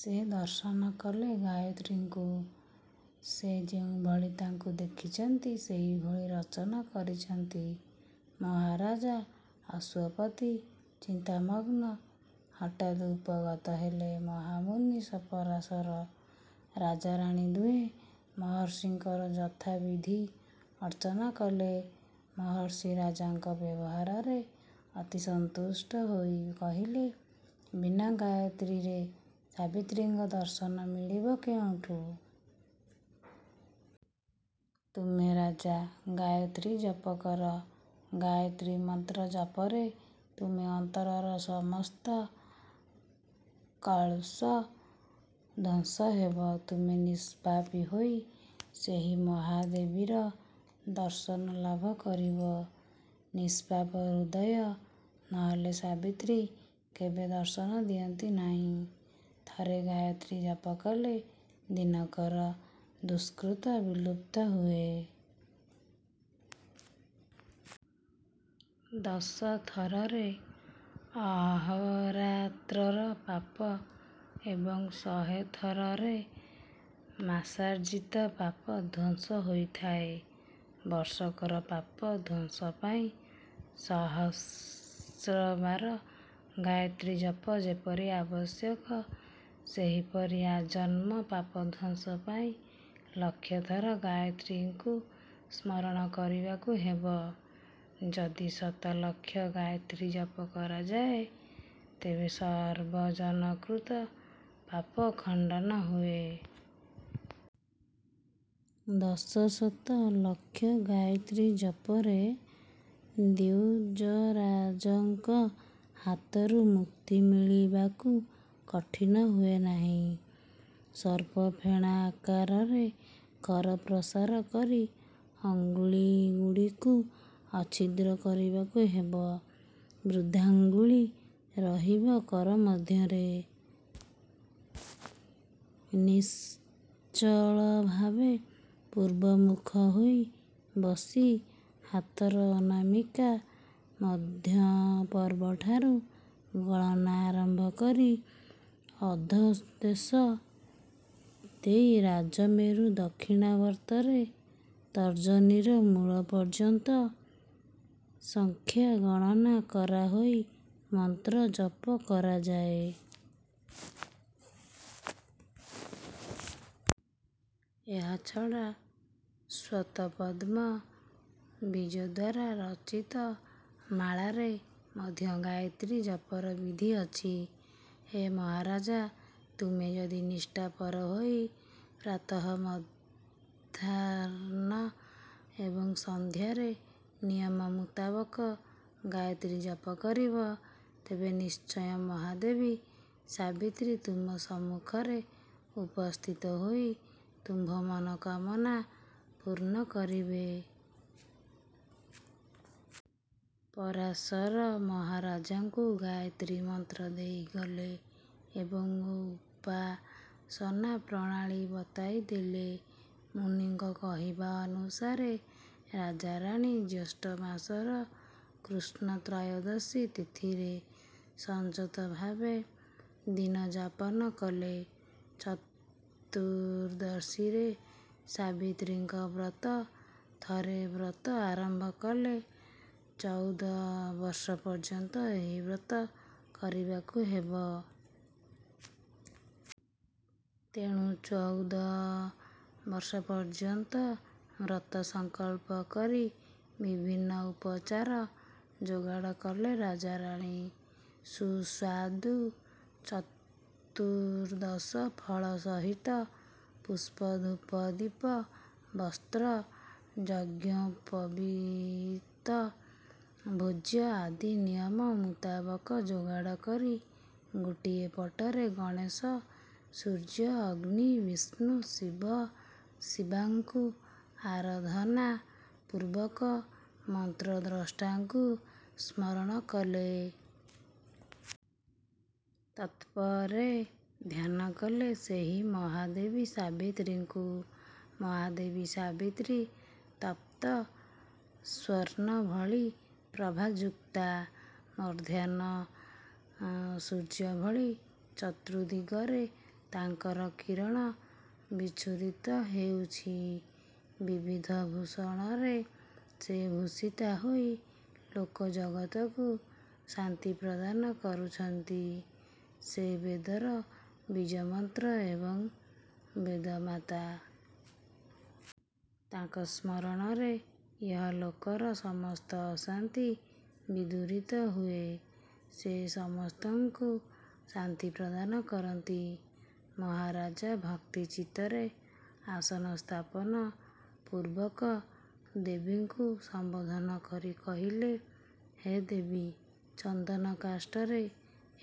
ସେ ଦର୍ଶନ କଲେ ଗାୟତ୍ରୀଙ୍କୁ। ସେ ଯେଉଁଭଳି ତାଙ୍କୁ ଦେଖିଛନ୍ତି ସେହିଭଳି ରଚନା କରିଛନ୍ତି। ମହାରାଜ ଅଶ୍ୱପତି ଚିନ୍ତାମଗ୍ନ। ହଠାତ୍ ଉପଗତ ହେଲେ ମହାମୁନି ପରାଶର। ରାଜାରାଣୀ ଦୁହେଁ ମହର୍ଷିଙ୍କର ଯଥାବିଧି ଅର୍ଚ୍ଚନା କଲେ। ମହର୍ଷି ରାଜାଙ୍କ ବ୍ୟବହାରରେ ଅତି ସନ୍ତୁଷ୍ଟ ହୋଇ କହିଲେ, ବିନା ଗାୟତ୍ରୀରେ ସାବିତ୍ରୀଙ୍କ ଦର୍ଶନ ମିଳିବ କେଉଁଠୁ-? ତୁମେ ରାଜା ଗାୟତ୍ରୀ ଜପ କର। ଗାୟତ୍ରୀ ମନ୍ତ୍ର ଜପରେ ତୁମ ଅନ୍ତରର ସମସ୍ତ କଳ୍ମଷ ଧ୍ୱଂସ ହେବ। ତୁମେ ନିଷ୍ପାପି ହୋଇ ସେହି ମହାଦେବୀର ଦର୍ଶନ ଲାଭ କରିବ। ନିଷ୍ପାପ ହୃଦୟ ନହେଲେ ସାବିତ୍ରୀ କେବେ ଦର୍ଶନ ଦିଅନ୍ତି ନାହିଁ। ଥରେ ଗାୟତ୍ରୀ ଜପକଲେ ଦିନକର ଦୁଷ୍କୃତ ବିଲୁପ୍ତ ହୁଏ। ଦଶଥରରେ ଅହୋରାତ୍ରର ପାପ ଏବଂ ଶହେଥରରେ ମାସାର୍ଜିତ ପାପ ଧ୍ୱଂସ ହୋଇଥାଏ। ବର୍ଷକର ପାପ ଧ୍ୱଂସ ପାଇଁ ସହସ୍ରବାର ଗାୟତ୍ରୀ ଜପ ଯେପରି ଆବଶ୍ୟକ ସେହିପରି ଆଜନ୍ମ ପାପଧ୍ୱଂସ ପାଇଁ ଲକ୍ଷେଥର ଗାୟତ୍ରୀଙ୍କୁ ସ୍ମରଣ କରିବାକୁ ହେବ। ଯଦି ଶତଲକ୍ଷ ଗାୟତ୍ରୀ ଜପ କରାଯାଏ ତେବେ ସର୍ବଜନକୃତ ପାପ ଖଣ୍ଡନ ହୁଏ। ଦଶଶତ ଲକ୍ଷ ଗାୟତ୍ରୀ ଜପରେ ଦ୍ୱିଜରାଜଙ୍କ ହାତରୁ ମୁକ୍ତି ମିଳିବାକୁ କଠିନ ହୁଏ ନାହିଁ। ସର୍ପଫେଣା ଆକାରରେ କର ପ୍ରସାର କରି ଅଙ୍ଗୁଳିଗୁଡ଼ିକୁ ଅଛିଦ୍ର କରିବାକୁ ହେବ। ବୃଦ୍ଧାଙ୍ଗୁଳି ରହିବ କର ମଧ୍ୟରେ। ନିଶ୍ଚଳଭାବେ ପୂର୍ବମୁଖ ହୋଇ ବସି ହାତର ଅନାମିକା ମଧ୍ୟପର୍ବଠାରୁ ଗଣନା ଆରମ୍ଭ କରି ଅଧୋଦେଶ ଦେଇ ରାଜମେରୁ ଦକ୍ଷିଣାବର୍ତ୍ତରେ ତର୍ଜନୀର ମୂଳ ପର୍ଯ୍ୟନ୍ତ ସଂଖ୍ୟା ଗଣନା କରାହୋଇ ମନ୍ତ୍ର ଜପ କରାଯାଏ। ଏହାଛଡ଼ା ଶ୍ୱେତପଦ୍ମ ବୀଜଦ୍ୱାରା ରଚିତ ମାଳାରେ ମଧ୍ୟ ଗାୟତ୍ରୀ ଜପର ବିଧି ଅଛି। ହେ ମହାରାଜ! ତୁମେ ଯଦି ନିଷ୍ଠାପର ହୋଇ ପ୍ରାତଃ, ମଧ୍ରାହ୍ନ ଏବଂ ସଂନ୍ଧ୍ୟାରେ ନିୟମ ମୁତାବକ ଗାୟତ୍ରୀ ଜପ କରିବ ତେବେ ନିଶ୍ଚୟ ମହାଦେବୀ ସାବିତ୍ରୀ ତୁମ ସମ୍ମୁଖରେ ଉପସ୍ଥିତ ହୋଇ ତୁମ୍ଭ ମନୋକାମନା ପୂର୍ଣ୍ଣ କରିବେ। ପରାଶର ମହାରାଜଙ୍କୁ ଗାୟତ୍ରୀ ମନ୍ତ୍ର ଦେଇଗଲେ ଏବଂ ଉପାସନା ପ୍ରଣାଳୀ ବତାଇ ଦେଲେ। ମୁନିଙ୍କ କହିବାନୁସାରେ ରାଜା ରାଣୀ ଜ୍ୟେଷ୍ଠ ମାସର କୃଷ୍ଣ ତ୍ରୟୋଦଶୀ ତିଥିରେ ସଂଯତ ଭାବେ ଦିନଯାପନ କଲେ। ଚତୁର୍ଦ୍ଦଶୀରେ ସାବିତ୍ରୀଙ୍କ ବ୍ରତ। ଥରେ ବ୍ରତ ଆରମ୍ଭ କଲେ ଚଉଦ ବର୍ଷ ପର୍ଯ୍ୟନ୍ତ ଏହି ବ୍ରତ କରିବାକୁ ହେବ। ତେଣୁ ଚଉଦ ବର୍ଷ ପର୍ଯ୍ୟନ୍ତ ବ୍ରତ ସଂକଳ୍ପ କରି ବିଭିନ୍ନ ଉପଚାର ଯୋଗାଡ଼ କଲେ ରାଜାରାଣୀ। ସୁସ୍ୱାଦୁ ଚତୁର୍ଦ୍ଦଶ ଫଳ ସହିତ ପୁଷ୍ପ, ଧୂପ, ଦୀପ, ବସ୍ତ୍ର, ଯଜ୍ଞୋପବୀତ, ଭୋଜ୍ୟ ଆଦି ନିୟମ ମୁତାବକ ଯୋଗାଡ଼ କରି ଗୋଟିଏ ପଟରେ ଗଣେଣ, ସୂର୍ଯ୍ୟ, ଅଗ୍ନି, ବିଷ୍ଣୁ, ଶିବ, ଶିବାଙ୍କୁ ଆରାଧନା ପୂର୍ବକ ମନ୍ତ୍ରଦ୍ରଷ୍ଟାଙ୍କୁ ସ୍ମରଣ କଲେ। ତତ୍ପରେ ଧ୍ୟାନକଲେ ସେହି ମହାଦେବୀ ସାବିତ୍ରୀଙ୍କୁ। ମହାଦେବୀ ସାବିତ୍ରୀ ତପ୍ତ ସ୍ୱର୍ଣ୍ଣ ଭଳି ପ୍ରଭାଯୁକ୍ତା। ମଧ୍ୟାହ୍ନ ସୂର୍ଯ୍ୟ ଭଳି ଚତୁର୍ଦ୍ଦିଗରେ ତାଙ୍କର କିରଣ ବିଚ୍ଛୁରିତ ହେଉଛି। ବିବିଧ ଭୂଷଣରେ ସେ ଭୂଷିତା ହୋଇ ଲୋକ ଜଗତକୁ ଶାନ୍ତି ପ୍ରଦାନ କରୁଛନ୍ତି। ସେ ବେଦର ବୀଜମନ୍ତ୍ର ଏବଂ ବେଦମାତା। ତାଙ୍କ ସ୍ମରଣରେ ଇହ ଲୋକର ସମସ୍ତ ଅଶାନ୍ତି ବିଦୂରିତ ହୁଏ। ସେ ସମସ୍ତଙ୍କୁ ଶାନ୍ତି ପ୍ରଦାନ କରନ୍ତି। ମହାରାଜ ଭକ୍ତି ଚିତ୍ତରେ ଆସନ ସ୍ଥାପନ ପୂର୍ବକ ଦେବୀଙ୍କୁ ସମ୍ୱୋଧନ କରି କହିଲେ-ହେ ଦେବୀ! ଚନ୍ଦନ କାଷ୍ଠରେ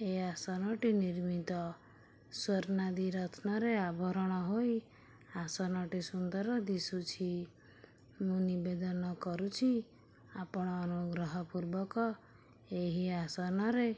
ଏ ଆସନଟି ନିର୍ମିତ। ସ୍ୱର୍ଣ୍ଣାଦି ରତ୍ନରେ ଆଭରଣ ହୋଇ ଆସନଟି ସୁନ୍ଦର ଦିଶୁଛି। ମୁଁ ନିବେଦନ କରୁଛି ଆପଣ ଅନୁଗ୍ରହପୂର୍ବକ ଏହି ଆସନରେ